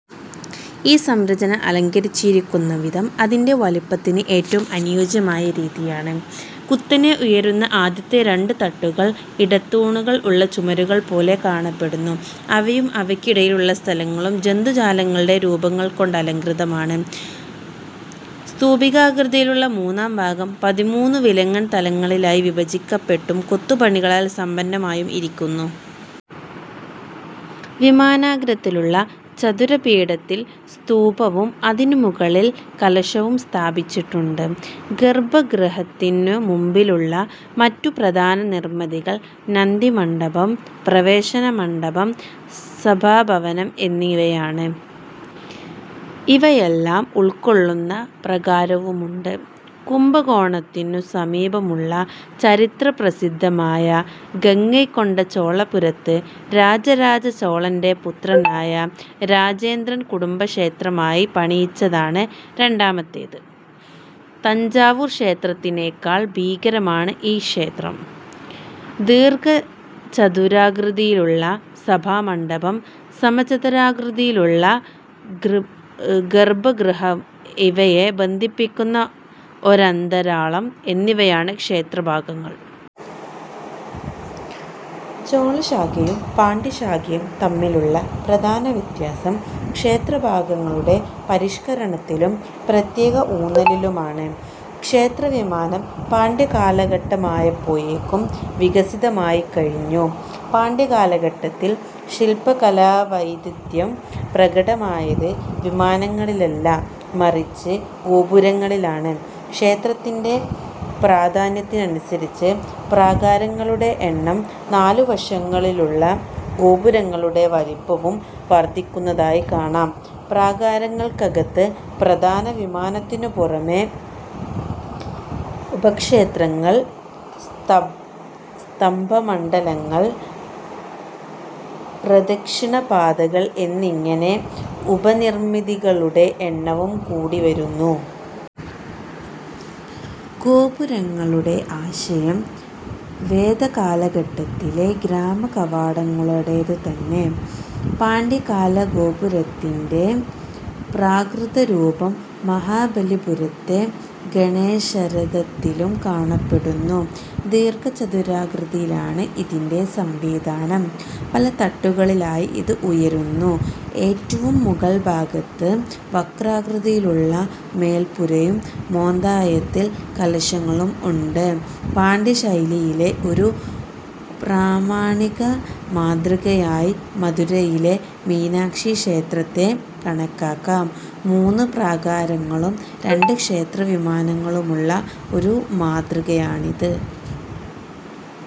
ഈ സംരചന അലങ്കരിച്ചിരിക്കുന്ന വിധം അതിന്റെ വലിപ്പത്തിന് ഏറ്റവും അനുയോജ്യമായ രീതിയിലാണ്. കുത്തനെ ഉയരുന്ന ആദ്യത്തെ രണ്ടു തട്ടുകൾ ഇടത്തൂണുകൾ ഉള്ള ചുമരുകൾ പോലെ കാണപ്പെടുന്നു. ഇവയും ഇവയ്ക്കിടയിലുള്ള സ്ഥലങ്ങളും ജന്തുജാലങ്ങളുടെ രൂപങ്ങൾകൊണ്ടലംകൃതമാണ്. സ്തൂപികാകൃതിയിലുള്ള മുന്നാം ഭാഗം പതിമൂന്നു വിലങ്ങൻ തലങ്ങളിലായിവിഭജിക്കപ്പെട്ടും കൊത്തുപണികളാൽ സമ്പന്നമായും ഇരിക്കുന്നു. വിമാനാഗ്രത്തിലുള്ള ചതുര പീഠത്തിൽ സ്തൂപവും അതിനുമുകളിൽ കലശവും സ്ഥാപിച്ചിട്ടുണ്ട്. ഗർഭഗൃഹത്തിനു മുമ്പിലുള്ള മറ്റുപ്രധാന നിർമിതികൾ നന്ദിമണ്ഡപം, പ്രവേശനമണ്ഡപം, സഭാഭവനം എന്നിവയാണ്; ഇവയെല്ലാം ഉൾക്കൊള്ളുന്ന പ്രാകാരവുമുണ്ട്. കുംഭകോണത്തിനു സമീപമുള്ള ചരിത്രപ്രസിദ്ധമായ ഗംഗൈകൊണ്ടചോളപുരത്ത് രാജരജചോളന്റെ പുത്രനായ രാജേന്ദ്രൻ കുടുംബക്ഷേത്രമായി പണികഴിപ്പിച്ചതാണ് രണ്ടാമത്തേത്. തഞ്ചാവൂർക്ഷേത്രത്തിനെക്കാൾ ഭീമാകരമാണ് ഈ ക്ഷേത്രം. ദീർഘചതുരാകൃതിയിലുള്ള സഭാമണ്ഡപം, സമചതുരാകൃതിയിലുള്ള ഗർഭഗൃഹം ഇവയെ ബന്ധിപ്പിക്കുന്ന ഒരന്തരാളം എന്നിവയാണ് ക്ഷേത്രഭാഗങ്ങൾ. ചോളശാഖയും പാണ്ഡ്യശാഖയും തമ്മിലുള്ള പ്രധാന വ്യത്യാസം ക്ഷേത്രഭാഗങ്ങളുടെ പരിഷ്കരണത്തിലും പ്രത്യേക ഊന്നലിലുമാണ്. ക്ഷേത്രവിമാനം പാണ്ഡ്യ കാലഘട്ടമായപ്പോഴേക്കും വികസിതമായിക്കഴിഞ്ഞു. പാണ്ഡ്യകാലഘട്ടത്തിൽ ശില്പകലാവൈദഗ്ദ്ധ്യം പ്രകടമാക്കപ്പെട്ടത് വിമാനങ്ങളിലല്ല മറിച്ച് ഗോപുരങ്ങളിലാണ്. ക്ഷേത്രത്തിന്റെ പ്രാധാന്യത്തിനനുസരിച്ച് പ്രാകാരങ്ങളുടെ എണ്ണവും നാലുവശങ്ങളിലുമുള്ള ഗോപുരങ്ങളുടെ വലിപ്പവും വർദ്ധിക്കുന്നതായി കാണാം. പ്രാകാരങ്ങൾക്കകത്ത് പ്രധാന വിമാനത്തിനു പുറമെ ഉപക്ഷേത്രങ്ങൾ, സ്തംഭമണ്ഡപങ്ങൾ, പ്രദക്ഷിണപഥങ്ങൾ എന്നിങ്ങനെ ഉപനിർമിതികളുടെ എണ്ണവും കൂടിവരുന്നു. ഗോപുരങ്ങളുടെ ആശയം വേദകാലഘട്ടത്തിലെ ഗ്രാമ കവാടങ്ങളുടേതുതന്നെ. പാണ്ഡ്യകാല ഗോപുരത്തിന്റെ പ്രാകൃതരൂപം മഹാബലിപുരത്തെ ഗണേശരഥത്തിലും കാണപ്പെടുന്നു. ദീർഘചതുരാകൃതിയിലാണ് ഇതിന്റെ സംവിധാനം; പലതട്ടുകളിലായി ഇത് ഉയരുന്നു; ഏറ്റവും മുകൾഭാഗത്ത് വക്രാകൃതിയിലുള്ള മേല്പുരയും മോന്തായത്തിൽ കലശങ്ങളും ഉണ്ട്. പാണ്ഡ്യശൈലിയിലെ ഒരു പ്രാമാണിക മാതൃകയായി മധുരയിലെ മീനാക്ഷീക്ഷേത്രത്തെ കണക്കാക്കാം. മൂന്ന് പ്രാകാരങ്ങളും രണ്ട് ക്ഷേത്രവിമാനങ്ങളുമുള്ള ഒരു മാതൃകയാണിത്.